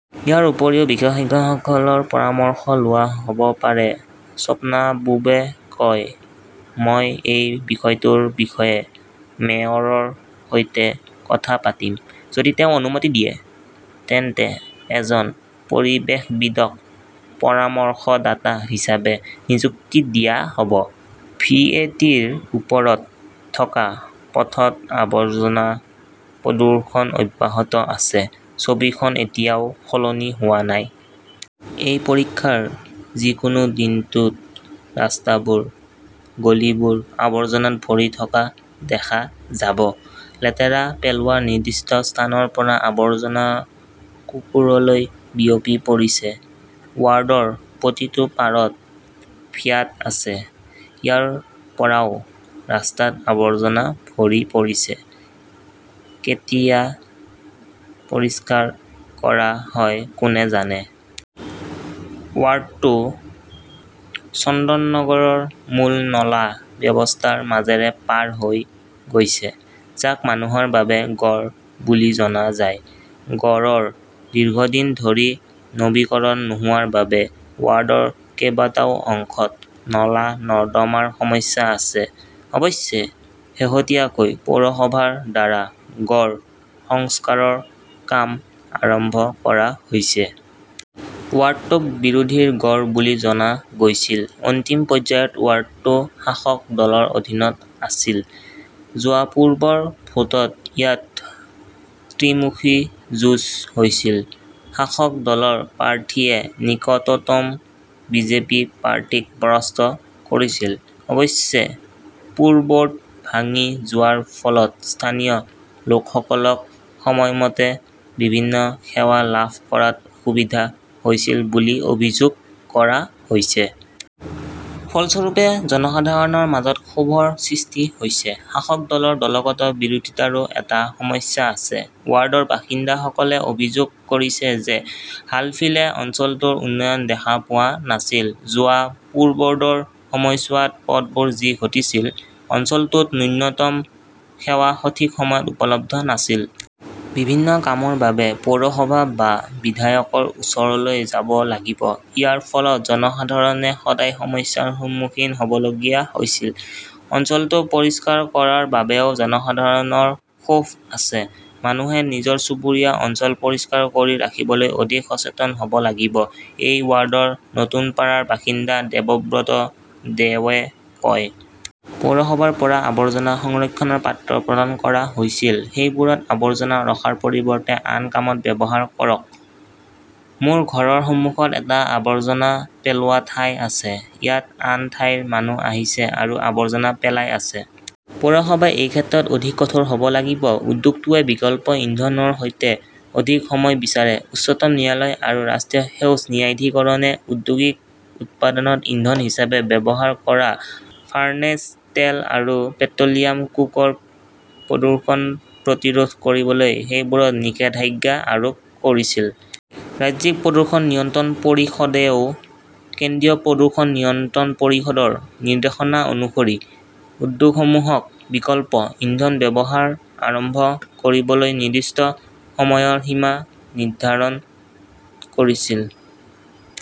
ইয়াৰ উপৰিও বিশেষজ্ঞসকলৰ পৰামৰ্শ লোৱা হ'ব পাৰে। স্বপ্নাবুবে কয়, মই এই বিষয়টোৰ বিষয়ে মেয়ৰৰ সৈতে কথা পাতিম। যদি তেওঁ অনুমতি দিয়ে তেন্তে এজন পৰিৱেশবিদক পৰামৰ্শদাতা হিচাপে নিযুক্তি দিয়া হ'ব। ভি. এ. টি. -ৰ ওপৰত থকা পথত আৱৰ্জনা, প্ৰদূষণ অব্যাহত আছে, ছবিখন এতিয়াও সলনি হোৱা নাই। এই পৰীক্ষাৰ যিকোনো দিনটোত, ৰাস্তাবোৰ, গলিবোৰ আৱৰ্জনাত ভৰি থকা দেখা যাব। লেতেৰা পেলোৱাৰ নিৰ্দিষ্ট স্থানৰ পৰা আৱৰ্জনা কুকুৰলৈ বিয়পি পৰিছে। ৱাৰ্ডৰ প্ৰতিটো পাৰত ভ্যাট আছে। ইয়াৰ পৰাও ৰাস্তাত আৱৰ্জনা ভৰি পৰিছে। কেতিয়া পৰিষ্কাৰ কৰা হয় কোনে জানে! ৱাৰ্ডটো চন্দননগৰৰ মূল নলা ব্যৱস্থাৰ মাজেৰে পাৰ হৈ গৈছে। যাক মানুহৰ বাবে গড় বুলি জনা যায়। গড়ৰ দীৰ্ঘদিন ধৰি নৱীকৰণ নোহোৱাৰ বাবে ৱাৰ্ডৰ কেইবাটাও অংশত নলা-নৰ্দমাৰ সমস্যা আছে। অৱশ্যে, শেহতীয়াকৈ পৌৰসভাৰ দ্বাৰা গড় সংস্কাৰৰ কাম আৰম্ভ কৰা হৈছে। ৱাৰ্ডটোক বিৰোধীৰ গড় বুলি জনা গৈছিল। অন্তিম পৰ্যায়ত ৱাৰ্ডটো শাসক দলৰ অধীনত আছিল। যোৱা পূৰ্বৰ ভোটত ইয়াত ত্ৰিমুখী যুঁজ হৈছিল। শাসক দলৰ প্ৰাৰ্থীয়ে নিকটতম বিজেপি প্ৰাৰ্থীক পৰাস্ত কৰিছিল। অৱশ্যে, পুৰবৰ্ড ভাঙি যোৱাৰ ফলত স্থানীয় লোকসকলক সময়মতে বিভিন্ন সেৱা লাভ কৰাত অসুবিধা হৈছিল বুলি অভিযোগ কৰা হৈছে। ফলস্বৰূপে, জনসাধাৰণৰ মাজত ক্ষোভৰ সৃষ্টি হৈছে। শাসক দলৰ দলগত বিৰোধিতাৰো এটা সমস্যা আছে। ৱাৰ্ডৰ বাসিন্দাসকলে অভিযোগ কৰিছে যে হালফিলে অঞ্চলটোৰ উন্নয়ন দেখা পোৱা নাছিল। যোৱা পুৰবৰ্ডৰ সময়ছোৱাত পথবোৰ যি ঘটিছিল। অঞ্চলটোত ন্যূনতম সেৱা সঠিক সময়ত উপলব্ধ নাছিল। বিভিন্ন কামৰ বাবে পৌৰসভা বা বিধায়কৰ ওচৰলৈ যাব লাগিব। ইয়াৰ ফলত জনসাধাৰণে সদায় সমস্যাৰ সন্মুখীন হ'বলগীয়া হৈছিল। অঞ্চলটো পৰিষ্কাৰ কৰাৰ বাবেও জনসাধাৰণৰ ক্ষোভ আছে। মানুহে নিজৰ চুবুৰীয়া অঞ্চল পৰিষ্কাৰ কৰি ৰাখিবলৈ অধিক সচেতন হ'ব লাগিব, এই ৱাৰ্ডৰ নতুনপাৰাৰ বাসিন্দা দেৱব্ৰত দেয়ে কয়। পৌৰসভাৰ পৰা আৱৰ্জনা সংৰক্ষণৰ পাত্ৰ প্ৰদান কৰা হৈছিল। সেইবোৰত আৱৰ্জনা ৰখাৰ পৰিৱৰ্তে আন কামত ব্যৱহাৰ কৰক। মোৰ ঘৰৰ সন্মুখত এটা আৱৰ্জনা পেলোৱা ঠাই আছে। ইয়াত আন ঠাইৰ মানুহ আহিছে আৰু আৱৰ্জনা পেলাই আছে। পৌৰসভাই এই ক্ষেত্ৰত অধিক কঠোৰ হ'ব লাগিব। উদ্যোগটোৱে বিকল্প ইন্ধনৰ সৈতে অধিক সময় বিচাৰে, উচ্চতম ন্যায়ালয় আৰু ৰাষ্ট্ৰীয় সেউজ ন্যায়াধিকৰণে ঔদ্যোগিক উৎপাদনত ইন্ধন হিচাপে ব্যৱহাৰ কৰা ফাৰ্নেচ তেল আৰু পেট্ৰ'লিয়াম কোক ৰ প্ৰদূষণ প্ৰতিৰোধ কৰিবলৈ সেইবোৰত নিষেধাজ্ঞা আৰোপ কৰিছিল। ৰাজ্যিক প্ৰদূষণ নিয়ন্ত্ৰণ পৰিষদেও কেন্দ্ৰীয় প্ৰদূষণ নিয়ন্ত্ৰণ পৰিষদৰ নিৰ্দেশনা অনুসৰি উদ্যোগসমূহক বিকল্প ইন্ধন ব্যৱহাৰ আৰম্ভ কৰিবলৈ নিৰ্দিষ্ট সময়ৰ সীমা নিৰ্ধাৰণ কৰিছিল।